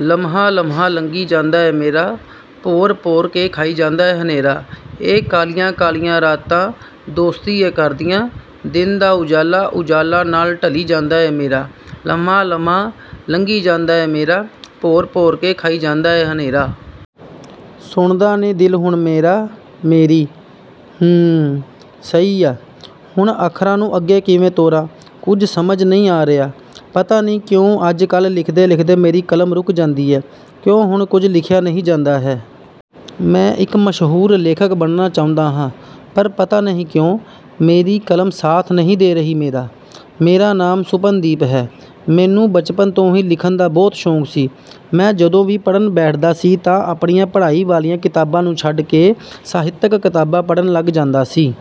ਲੰਮਹਾ-ਲੰਮਹਾ ਲੰਘੀ ਜਾਂਦਾ ਐ ਮੇਰਾ, ਭੌਰ-ਭੌਰ ਕੇ ਖਾਈ ਜਾਂਦਾ ਐ ਹਨੇਰਾ। ਏ ਕਾਲੀਆਂ-ਕਾਲੀਆਂ ਰਾਤਾਂ ਦੋਸਤੀ ਐ ਕਰਦੀਆਂ, ਦਿਨ ਦਾ ਉਜਾਲਾ-ਉਜਾਲਾ ਨਾਲ ਢਲੀ ਜਾਂਦਾ ਐ ਮੇਰਾ। ਲੰਮਾ-ਲੰਮਾ ਲੰਘੀ ਜਾਂਦਾ ਐ ਮੇਰਾ, ਭੌਰ-ਭੌਰ ਕੇ ਖਾਈ ਜਾਂਦਾ ਐ ਹਨੇਰਾ। ਸੁਣਦਾ ਨਹੀਂ ਦਿਲ ਹੁਣ ਮੇਰਾ ਮੇਰੀ। "ਹਮ... ਸਹੀ ਆ। ਹੁਣ ਅੱਖਰਾਂ ਨੂੰ ਅੱਗੇ ਕਿਵੇਂ ਤੋਰਾਂ, ਕੁਝ ਸਮਝ ਨਹੀਂ ਆ ਰਿਹਾ। ਪਤਾ ਨਹੀਂ ਕਿਉਂ ਅੱਜ-ਕੱਲ੍ਹ ਲਿਖਦੇ-ਲਿਖਦੇ ਮੇਰੀ ਕਲਮ ਰੁਕ ਜਾਂਦੀ ਐ। ਕਿਉਂ ਹੁਣ ਕੁਝ ਲਿਖਿਆ ਨਹੀਂ ਜਾਂਦਾ ਹੈ।" "ਮੈਂ ਇੱਕ ਮਸ਼ਹੂਰ ਲੇਖਕ ਬਣਨਾ ਚਾਹੁੰਦਾ ਹਾਂ।" ਪਰ ਪਤਾ ਨਹੀਂ ਕਿਉਂ? ਮੇਰੀ ਕਲਮ ਸਾਥ ਨਹੀਂ ਦੇ ਰਹੀ ਮੇਰਾ। "ਮੇਰਾ ਨਾਮ ਸੁਪਨਦੀਪ ਹੈ।" ਮੈਨੂੰ ਬਚਪਨ ਤੋਂ ਹੀ ਲਿਖਣ ਦਾ ਬਹੁਤ ਸ਼ੌਂਕ ਸੀ। ਮੈਂ ਜਦੋਂ ਵੀ ਪੜ੍ਹਨ ਬੈਠਦਾ ਸੀ ਤਾਂ ਆਪਣੀਆਂ ਪੜ੍ਹਾਈ ਵਾਲੀਆਂ ਕਿਤਾਬਾਂ ਨੂੰ ਛੱਡ ਕੇ ਸਾਹਿਤਕ ਕਿਤਾਬਾਂ ਪੜ੍ਹਨ ਲੱਗ ਜਾਂਦਾ ਸੀ।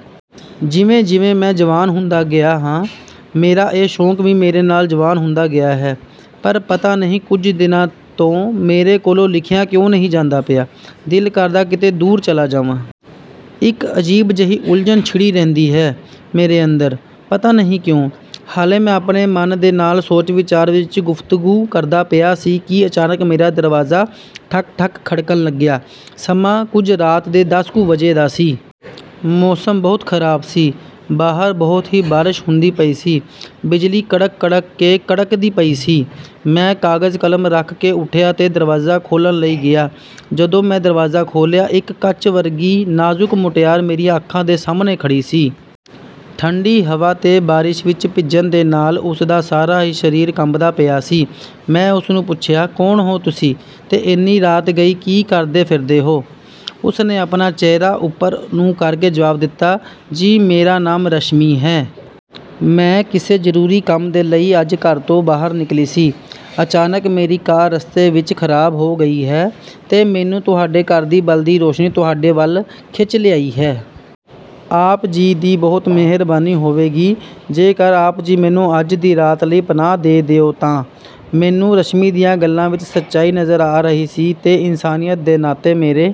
ਜਿਵੇਂ-ਜਿਵੇਂ ਮੈਂ ਜਵਾਨ ਹੁੰਦਾ ਗਿਆ ਹਾਂ, ਮੇਰਾ ਇਹ ਸ਼ੌਂਕ ਵੀ ਮੇਰੇ ਨਾਲ ਜਵਾਨ ਹੁੰਦਾ ਗਿਆ ਹੈ। ਪਰ ਪਤਾ ਨਹੀਂ ਕੁਝ ਦਿਨਾਂ ਤੋਂ ਮੇਰੇ ਕੋਲੋਂ ਲਿਖਿਆ ਕਿਉਂ ਨਹੀਂ ਜਾਂਦਾ ਪਿਆ। ਦਿਲ ਕਰਦਾ ਕਿਤੇ ਦੂਰ ਚਲਾ ਜਾਵਾਂ। ਇੱਕ ਅਜੀਬ ਜਿਹੀ ਉਲਝਣ ਛਿੜੀ ਰਹਿੰਦੀ ਹੈ ਮੇਰੇ ਅੰਦਰ। ਪਤਾ ਨਹੀਂ ਕਿਉਂ। ਹਾਲੇ ਮੈਂ ਆਪਣੇ ਮਨ ਦੇ ਨਾਲ ਸੋਚ-ਵਿਚਾਰ ਵਿੱਚ ਗੁਫ਼ਤਗੂ ਕਰਦਾ ਪਿਆ ਸੀ ਕਿ ਅਚਾਨਕ ਮੇਰਾ ਦਰਵਾਜ਼ਾ ਠਕ-ਠਕ ਖੜਕਣ ਲੱਗਿਆ। ਸਮਾਂ ਕੁਝ ਰਾਤ ਦੇ ਦਸ ਕੁ ਵਜੇ ਦਾ ਸੀ। ਮੌਸਮ ਬਹੁਤ ਖ਼ਰਾਬ ਸੀ। ਬਾਹਰ ਬਹੁਤ ਹੀ ਬਾਰਿਸ਼ ਹੁੰਦੀ ਪਈ ਸੀ। ਬਿਜਲੀ ਕੜਕ-ਕੜਕ ਕੇ ਕੜਕਦੀ ਪਈ ਸੀ। ਮੈਂ ਕਾਗਜ਼-ਕਲਮ ਰੱਖ ਕੇ ਉੱਠਿਆ ਤੇ ਦਰਵਾਜ਼ਾ ਖੋਲ੍ਹਣ ਲਈ ਗਿਆ। ਜਦੋਂ ਮੈਂ ਦਰਵਾਜ਼ਾ ਖੋਲ੍ਹਿਆ, ਇੱਕ ਕੱਚ ਵਰਗੀ ਨਾਜ਼ੁਕ ਮੁਟਿਆਰ ਮੇਰੀਆਂ ਅੱਖਾਂ ਦੇ ਸਾਹਮਣੇ ਖੜ੍ਹੀ ਸੀ। ਠੰਡੀ ਹਵਾ ਤੇ ਬਾਰਿਸ਼ ਵਿੱਚ ਭਿੱਜਣ ਦੇ ਨਾਲ ਉਸਦਾ ਸਾਰਾ ਹੀ ਸਰੀਰ ਕੰਬਦਾ ਪਿਆ ਸੀ। ਮੈਂ ਉਸਨੂੰ ਪੁੱਛਿਆ, "ਕੌਣ ਹੋ ਤੁਸੀਂ? ਤੇ ਇੰਨੀ ਰਾਤ ਗਈ ਕੀ ਕਰਦੇ ਫਿਰਦੇ ਹੋ?" ਉਸਨੇ ਆਪਣਾ ਚਿਹਰਾ ਉੱਪਰ ਨੂੰ ਕਰਕੇ ਜਵਾਬ ਦਿੱਤਾ, "ਜੀ, ਮੇਰਾ ਨਾਮ ਰਸ਼ਮੀ ਹੈ। ਮੈਂ ਕਿਸੇ ਜ਼ਰੂਰੀ ਕੰਮ ਦੇ ਲਈ ਅੱਜ ਘਰ ਤੋਂ ਬਾਹਰ ਨਿਕਲੀ ਸੀ। ਅਚਾਨਕ ਮੇਰੀ ਕਾਰ ਰਸਤੇ ਵਿੱਚ ਖ਼ਰਾਬ ਹੋ ਗਈ ਹੈ ਤੇ ਮੈਨੂੰ ਤੁਹਾਡੇ ਘਰ ਦੀ ਬਲਦੀ ਰੌਸ਼ਨੀ ਤੁਹਾਡੇ ਵੱਲ ਖਿੱਚ ਲਿਆਈ ਹੈ। ਆਪ ਜੀ ਦੀ ਬਹੁਤ ਮਿਹਰਬਾਨੀ ਹੋਵੇਗੀ, ਜੇਕਰ ਆਪ ਜੀ ਮੈਨੂੰ ਅੱਜ ਦੀ ਰਾਤ ਲਈ ਪਨਾਹ ਦੇ ਦਿਓ ਤਾਂ।" ਮੈਨੂੰ ਰਸ਼ਮੀ ਦੀਆਂ ਗੱਲਾਂ ਵਿੱਚ ਸੱਚਾਈ ਨਜ਼ਰ ਆ ਰਹੀ ਸੀ ਤੇ ਇਨਸਾਨੀਅਤ ਦੇ ਨਾਤੇ ਮੇਰੇ…